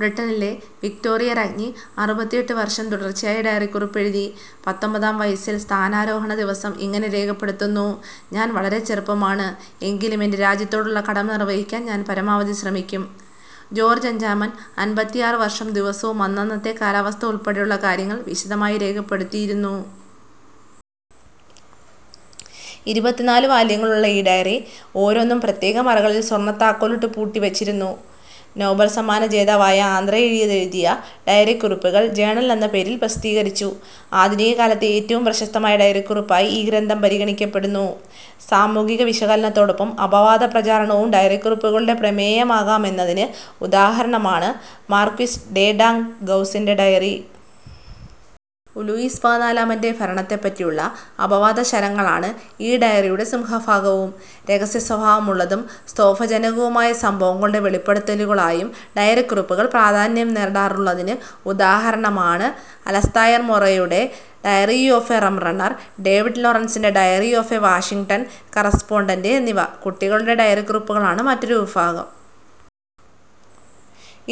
ബ്രിട്ടനിലെ വിക്ടോറിയാ രാജ്ഞി അറുപത്തിഎട്ട് വർഷം തുടർച്ചയായി ഡയറിക്കുറിപ്പെഴുതി. പത്തൊൻപതാം വയസ്സിൽ സ്ഥാനാരോഹണ ദിവസം ഇങ്ങനെ രേഖപ്പെടുത്തുന്നു. ഞാൻ വളരെ ചെറുപ്പമാണ്. എങ്കിലും എന്റെ രാജ്യത്തോടുള്ള കടമ നിർവഹിക്കാൻ ഞാൻ പരമാവധി ശ്രമിക്കും. ജോർജ് അഞ്ചാമൻ അമ്പത്തിആറ് വർഷം ദിവസവും അന്നന്നത്തെ കാലാവസ്ഥ ഉൾപ്പെടെയുള്ള കാര്യങ്ങൾ വിശദമായി രേഖപ്പെടുത്തിയിരുന്നു. ഇരുപത്തിനാല് വാല്യങ്ങളുള്ള ഈ ഡയറി ഓരോന്നും പ്രത്യേകം അറകളിൽ സ്വർണത്താക്കോലിട്ടു പൂട്ടി വച്ചിരുന്നു. നോബൽ സമ്മാന ജേതാവായ ആന്ദ്രേഴീദ് എഴുതിയ ഡയറിക്കുറിപ്പുകൾ ജേണൽ എന്ന പേരിൽ പ്രസിദ്ധീകരിച്ചു. ആധുനിക കാലത്തെ ഏറ്റവും പ്രശസ്തമായ ഡയറിക്കുറിപ്പായി ഈ ഗ്രന്ഥം പരിഗണിക്കപ്പെടുന്നു. സാമൂഹിക വിശകലനത്തോടൊപ്പം അപവാദ പ്രചാരണവും ഡയറിക്കുറിപ്പുകളുടെ പ്രമേയമാകാമെന്നതിന് ഉദാഹരണമാണ് മാർക്വിസ് ഡെ ഡാങ് ഗൗസിന്റെ ഡയറി. ലൂയിസ് പതിനാലാമന്റെ ഭരണത്തെപ്പറ്റിയുള്ള അപവാദശരങ്ങളാണ് ഈ ഡയറിയുടെ സിംഹഭാഗവും. രഹസ്യസ്വഭാവമുള്ളതും സ്തോഭജനകവുമായ സംഭവങ്ങളുടെ വെളിപ്പെടുത്തലുകളായും ഡയറിക്കുറിപ്പുകൾ പ്രാധാന്യം നേടാറുള്ളതിന് ഉദാഹരണമാണ് അലസ്തായർ മോറെയുടെ diary of a rum runner, David ലോറൻസിന്റെ diary of a Washington correspondent എന്നിവ. കുട്ടികളുടെ ഡയറിക്കുറിപ്പുകളാണ് മറ്റൊരു വിഭാഗം.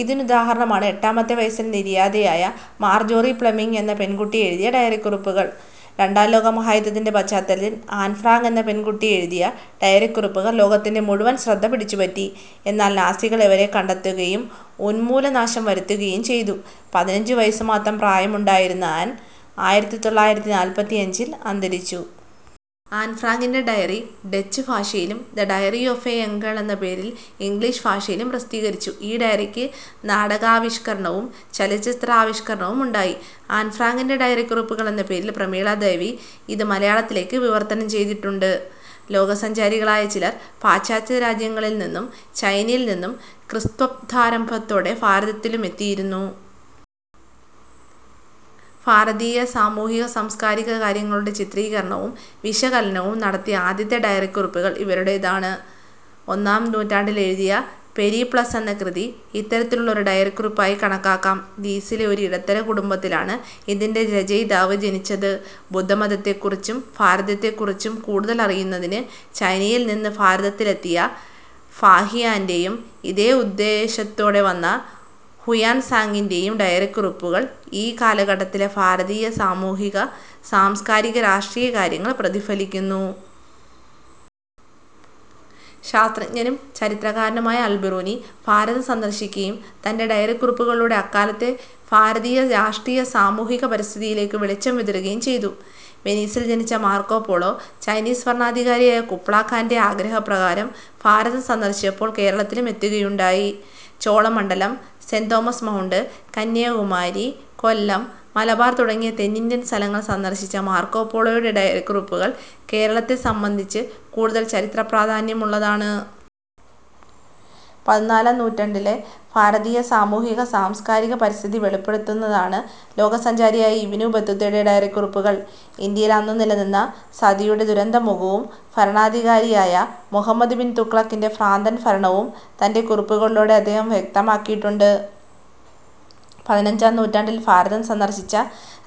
ഇതിനുദാഹരണമാണ് എട്ടാമത്തെ വയസ്സിൽ നിര്യാതയായ മാർജോറി പ്ലെമിങ് എന്ന പെൺകുട്ടി എഴുതിയ ഡയറിക്കുറിപ്പുകൾ. രണ്ടാം ലോകമഹായുദ്ധത്തിന്റെ പശ്ചാത്തലത്തിൽ ആൻഫ്രാങ്ക് എന്ന പെൺകുട്ടി എഴുതിയ ഡയറിക്കുറിപ്പുകൾ ലോകത്തിന്റെ മുഴുവൻ ശ്രദ്ധ പിടിച്ചുപറ്റി. എന്നാൽ നാസികൾ ഇവരെ കണ്ടെത്തുകയും ഉൻമൂല നാശം വരുത്തുകയും ചെയ്തു. പതിനഞ്ചു വയസ്സു മാത്രം പ്രായമുണ്ടായിരുന്ന ആൻ ആയിരത്തിതൊള്ളായിരത്തിനാല്പത്തിയഞ്ചിൽ അന്തരിച്ചു. ആൻ ഫ്രാങ്കിന്റെ ഡയറി ഡച്ച് ഭാഷയിലും the diary of a young girl എന്ന പേരിൽ ഇംഗ്ലീഷിലും പ്രസിദ്ധീകരിച്ചു. ഈ ഡയറിക്ക് നാടകാവിഷ്കരണവും ചലച്ചിത്രാവിഷ്കരണവുമുണ്ടായി. ആൻ ഫ്രാങ്കിന്റെ ഡയറിക്കുറിപ്പുകൾ എന്ന പേരിൽ പ്രമീളാദേവി ഇത് മലയാളത്തിലേക്കു വിവർത്തനം ചെയ്തിട്ടുണ്ട്. ലോകസഞ്ചാരികളായ ചിലർ പാശ്ചാത്യ രാജ്യങ്ങളിൽ നിന്നും ചൈനയിൽ നിന്നും ക്രിസ്ത്വബ്ദാരംഭത്തോടെ ഭാരതത്തിലു മെത്തിയിരുന്നു. ഭാരതീയ സാമൂഹിക സാംസ്കാരിക കാര്യങ്ങളുടെ ചിത്രീകരണവും വിശകലനവും നടത്തിയ ആദ്യത്തെ ഡയറിക്കുറിപ്പുകൾ ഇവരുടേതാണ്. ഒന്നാം നൂറ്റാണ്ടിൽ എഴുതിയ പെരിപ്ലസ് എന്ന കൃതി ഇത്തരത്തിലുള്ള ഒരു ഡയറിക്കുറിപ്പായി കണക്കാക്കാം. ഗ്രീസിലെ ഒരു ഇടത്തരം കുടുംബത്തിലാണ് ഇതിന്റെ രചയിതാവ് ജനിച്ചത്. ബുദ്ധമതത്തെക്കുറിച്ചും ഭാരതത്തെക്കുറിച്ചും കൂടുതൽ അറിയുന്നതിന് ചൈനയിൽ നിന്ന് ഭാരതത്തിലെത്തിയ ഫാഹിയാന്റെയും ഇതേ ഉദ്ദേശ്യത്തോടെ വന്ന ഹുയാൻ സാങിന്റെയും ഡയറിക്കുറിപ്പുകൾ ഈ കാലഘട്ടങ്ങളിലെ ഭാരതീയ സാമൂഹിക, സാംസ്കാരിക, രാഷ്ട്രീയ കാര്യങ്ങൾ പ്രതിഫലിപ്പിക്കുന്നു. ശാസ്ത്രജ്ഞനും ചരിത്രകാരനുമായ അൽബിറൂനി ഭാരതം സന്ദർശിക്കുകയും തന്റെ ഡയറിക്കുറിപ്പുകളിലൂടെ അക്കാലത്തെ ഭാരതീയ രാഷ്ട്രീയ സമൂഹിക പരിസ്ഥിതിയിലേക്കു വെളിച്ചം വിതറുകയും ചെയ്തു. വെനീസിൽ ജനിച്ച മാർക്കോപോളോ ചൈനീസ് ഭരണാധികാരിയായ കുബ്ലാഖാന്റെ ആഗ്രഹപ്രകാരം ഭാരതം സന്ദർശിച്ചപ്പോൾ കേരളത്തിലും എത്തുകയുണ്ടായി. Cholamandalam, Saint Thomas Mount, Kanyakumari, Kollam, Malabar തുടങ്ങിയ തെന്നിന്ത്യൻ സ്ഥലങ്ങൾ സന്ദർശിച്ച മാർക്കോപോളോയുടെ ഡയറിക്കുറിപ്പുകൾ കേരളത്തെ സംബന്ധിച്ച് കൂടുതൽ ചരിത്ര പ്രാധാന്യമുള്ളതാണ്. പതിനാലാം നൂറ്റണ്ടിലെ ഭാരതീയ സാമൂഹിക, സാംസ്കാരിക, പരിസ്ഥിതി വെളിപ്പെടുത്തുന്നതാണ് ലോകസഞ്ചാരിയായ ഇബ്നു ബത്തൂത്തയുടെ ഡയറിക്കുറിപ്പുകൾ. ഇന്ത്യയിൽ അന്നു നിലനിന്ന സതിയുടെ ദുരന്തമുഖവും ഭരണാധികാരിയായ മുഹമ്മദ് ബിൻ തുഗ്ലക്കിന്റെ ഭ്രാന്തൻ ഭരണവും തന്റെ കുറിപ്പുകളിലൂടെ ഇദ്ദേഹം വ്യക്തമാക്കിയിട്ടുണ്ട്. പതിനഞ്ചാം നൂറ്റാണ്ടിൽ ഭാരതം സന്ദർശിച്ച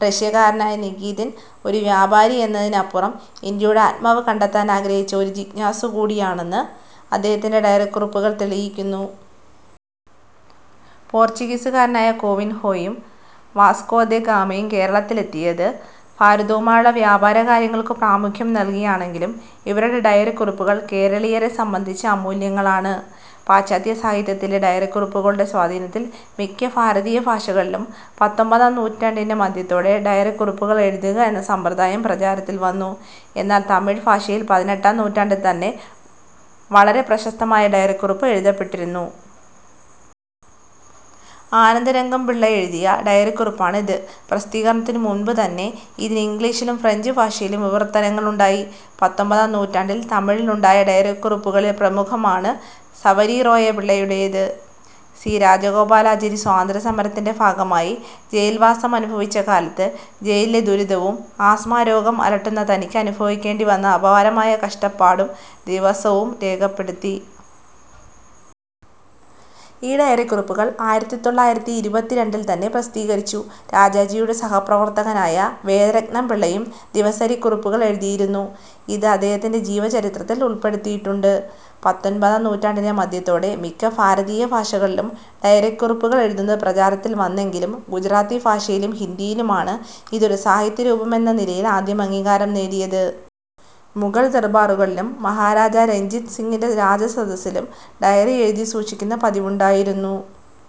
റഷ്യക്കാരനായ നികീതിൻ ഒരു വ്യാപാരി എന്നതിനപ്പുറം ഇന്ത്യയുടെ ആത്മാവ് കണ്ടെത്താനാഗ്രഹിച്ച ഒരു ജിജ്ഞാസു കൂടിയാണെന്ന് അദ്ദേഹത്തിന്റെ ഡയറിക്കുറിപ്പുകൾ തെളിയിക്കുന്നു. പോർച്ചുഗീസുകാരനായ കോവിൻഹോയും വാസ്കോ ദെ ഗാമയും കേരളത്തിലെത്തിയത് ഭാരതവുമായുള്ള വ്യാപാരകാര്യങ്ങൾക്കു പ്രാമുഖ്യം നൽകിയാണെങ്കിലും ഇവരുടെ ഡയറിക്കുറിപ്പുകൾ കേരളീയരെ സംബന്ധിച്ച് അമൂല്യങ്ങളാണ്. പാശ്ചാത്യ സാഹിത്യത്തിലെ ഡയറിക്കുറിപ്പുകളുടെ സ്വാധീനത്തിൽ മിക്ക ഭാരതീയ ഭാഷകളിലും പത്തൊൻപതാം നൂറ്റണ്ടിന്റെ മധ്യത്തോടെ ഡയറിക്കുറിപ്പുകൾ എഴുതുക എന്ന സമ്പ്രദായം പ്രചാരത്തിൽവന്നു. എന്നാൽ തമിഴ് ഭാഷയിൽ പതിനെട്ടാം നൂറ്റാണ്ടിൽ തന്നെ വളരെ പ്രശസ്തമായ ഡയറിക്കുറിപ്പ് എഴുതപ്പെട്ടിരുന്നു. ആനന്ദരംഗംപിള്ള എഴുതിയ ഡയറിക്കുറിപ്പാണ് ഇത്. പ്രസിദ്ധീകരണത്തിനു മുൻപു തന്നെ ഇതിന് ഇംഗ്ലീഷിലും ഫ്രഞ്ച് ഭാഷയിലും വിവർത്തനങ്ങൾ ഉണ്ടായി. പത്തൊൻപതാം നൂറ്റാണ്ടിൽ തമിഴിൽ ഉണ്ടായ ഡയറിക്കുറിപ്പുകളിൽ പ്രമുഖമാണ് സവരിറോയപിള്ളൈയുടേത്. സി. രാജഗോപാലാചാരി സ്വാതന്ത്ര്യ സമരത്തിന്റെ ഭാഗമായി ജയിൽവാസമനുഭവിച്ച കാലത്ത് ജയിലിലെ ദുരിതവും ആസ്മാരോഗം അലട്ടുന്ന തനിക്ക് അനുഭവിക്കേണ്ടിവന്ന അപാരമായ കഷ്ടപ്പാടും ദിവസവും രേഖപ്പെടുത്തി. ഈ ഡയറിക്കുറിപ്പുകൾ ആയിരത്തിതൊള്ളായിരത്തിഇരുപത്തിരണ്ടിൽ തന്നെ പ്രസിദ്ധീകരിച്ചു. രാജാജിയുടെ സഹപ്രവർത്തകനായ വേദരത്നംപിള്ളയും ദിനസരിക്കുറിപ്പുകൾ എഴുതിയിരുന്നു. ഇത് ഇദ്ദേഹത്തിന്റെ ജീവചരിത്രത്തിൽ ഉൾപ്പെടുത്തിയിട്ടുണ്ട്. പത്തൊൻപതാം നൂറ്റാണ്ടിന്റെ മധ്യത്തോടെ മിക്ക ഭാരതീയ ഭാഷകളിലും ഡയറിക്കുറിപ്പുകൾ എഴുതുന്നത് പ്രചാരത്തിൽ വന്നെങ്കിലും ഗുജറാത്തി ഭാഷയിലും ഹിന്ദിയിലുമാണ് ഇത് ഒരു സാഹിത്യരൂപമെന്ന നിലയിൽ ആദ്യം അംഗീകാരം നേടിയത്. മുഗൾ ദർബാറുകളിലും മഹാരാജാ രഞ്ജിത് സിംഹിന്റെ രാജസദസ്സിലും ഡയറി എഴുതി സൂക്ഷിക്കുന്ന പതിവുണ്ടായിരുന്നു.